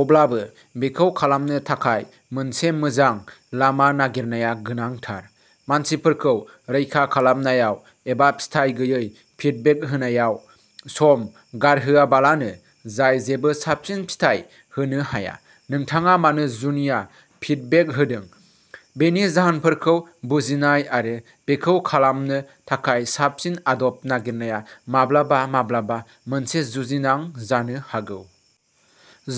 अब्लाबो, बेखौ खालामनो थाखाय मोनसे मोजां लामा नागिरनाया गोनांथार, मानसिफोरखौ रैखा खालामनायाव एबा फिथाय गैयै फिडबेक होनायाव सम गारहोआलाबानो जाय जेबो साबसिन फिथाय होनो हाया। नोंथाङा मानो जुनिया फिडबेक होदों बेनि जाहोनफोरखौ बुजिनाय आरो बेखौ खालामनो थाखाय साबसिन आदब नागिरनाया माब्लाबा माब्लाबा मोनसे जुजिनां जानो हागौ।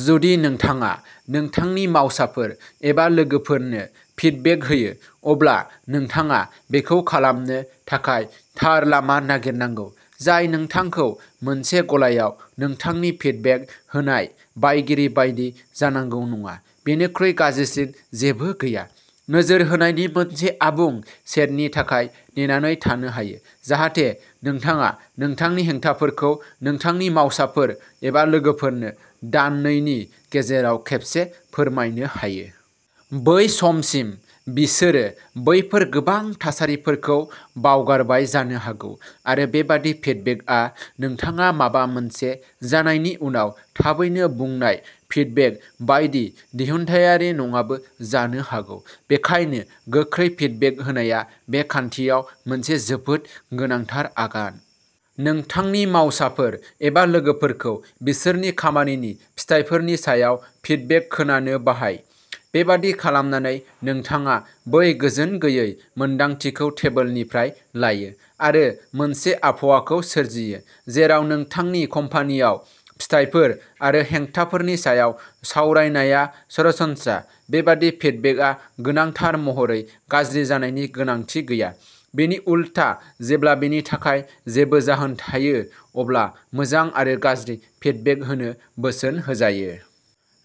जुदि नोंथाङा नोंथांनि मावसाफोर एबा लोगोफोरनो फिडबेक होयो, अब्ला नोंथाङा बेखौ खालामनो थाखाय थार लामा नागिरनांगौ, जाय नोंथांखौ मोनसे गलायाव नोंथांनि फिडबेक होनाय बायगिरि बायदि जानांगौ नङा। बेनिख्रुइ गाज्रिसिन जेबो गैया। नोजोर होनायनि मोनसे आबुं सेटनि थाखाय नेनानै थानो हायो जाहाथे नोंथाङा नोंथांनि हेंथाफोरखौ नोंथांनि मावसाफोर एबा लोगोफोरनो दाननैनि गेजेराव खेबसे फोरमायनो हायो। बै समसिम, बिसोरो बैफोर गोबां थासारिफोरखौ बावगारबाय जानो हागौ आरो बेबादि फिडबेकआ नोंथाङा माबा मोनसे जानायनि उनाव थाबैनो बुंनाय फिडबेक बायदि दिहुनथायारि नङाबो जानो हागौ। बेनिखायनो, गोख्रै फिडबेक होनाया बे खान्थियाव मोनसे जोबोद गोनांथार आगान। नोंथांनि मावसाफोर एबा लोगोफोरखौ बिसोरनि खामानिनि फिथायफोरनि सायाव फिडबेक खोनानो बाहाय। बेबादि खालामनानै, नोंथाङा बै गोजोनगैयै मोन्दांथिखौ टेबोलनिफ्राय लायो आरो मोनसे आबहावाखौ सोरजियो जेराव नोंथांनि कम्पानीयाव फिथायफोर आरो हेंथाफोरनि सायाव सावरायनाया सरासनस्रा। बेबादि फिडबेकआ गोनांथार महरै गाज्रि जानायनि गोनांथि गैया; बिनि उलथा, जेब्ला बेनि थाखाय जेबो जाहोन थायो अब्ला मोजां आरो गाज्रि फिडबेक होनो बोसोन होजायो।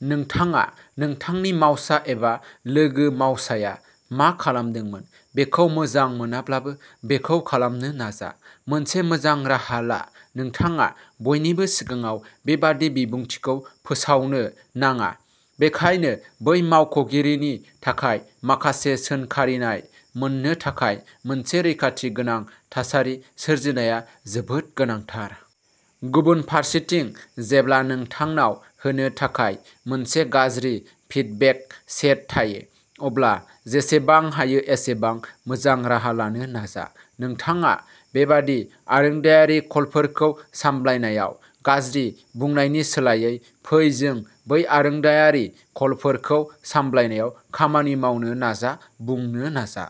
नोंथाङा नोंथांनि मावसा एबा लोगो-मावसाया मा खालामदोंमोन बेखौ मोजां मोनाब्लाबो, बेखौ खालामनो नाजा। मोनसे मोजां राहा ला। नोंथाङा बयनिबो सिगाङाव बेबादि बिबुंथिखौ फोसावनो नाङा, बेनिखायनो बै मावगिरिनि थाखाय माखासे सोंखारिनाय मोन्नो थाखाय मोनसे रैखाथि गोनां थासारि सोरजिनाया जोबोद गोनांथार। गुबुन फारसेथिं, जेब्ला नोंथांनाव होनो थाखाय मोनसे गाज्रि फिडबेक सेट थायो, अब्ला जेसेबां हायो एसेबां मोजां राहा लानो नाजा। "नोंथाङा बेबादि आरोंदायारि कलफोरखौ सामलायनायाव गाज्रि" बुंनायनि सोलायै, "फै जों बै आरोंदायारि कलफोरखौ सामलायनायाव खामानि मावनो नाजा" बुंनो नाजा।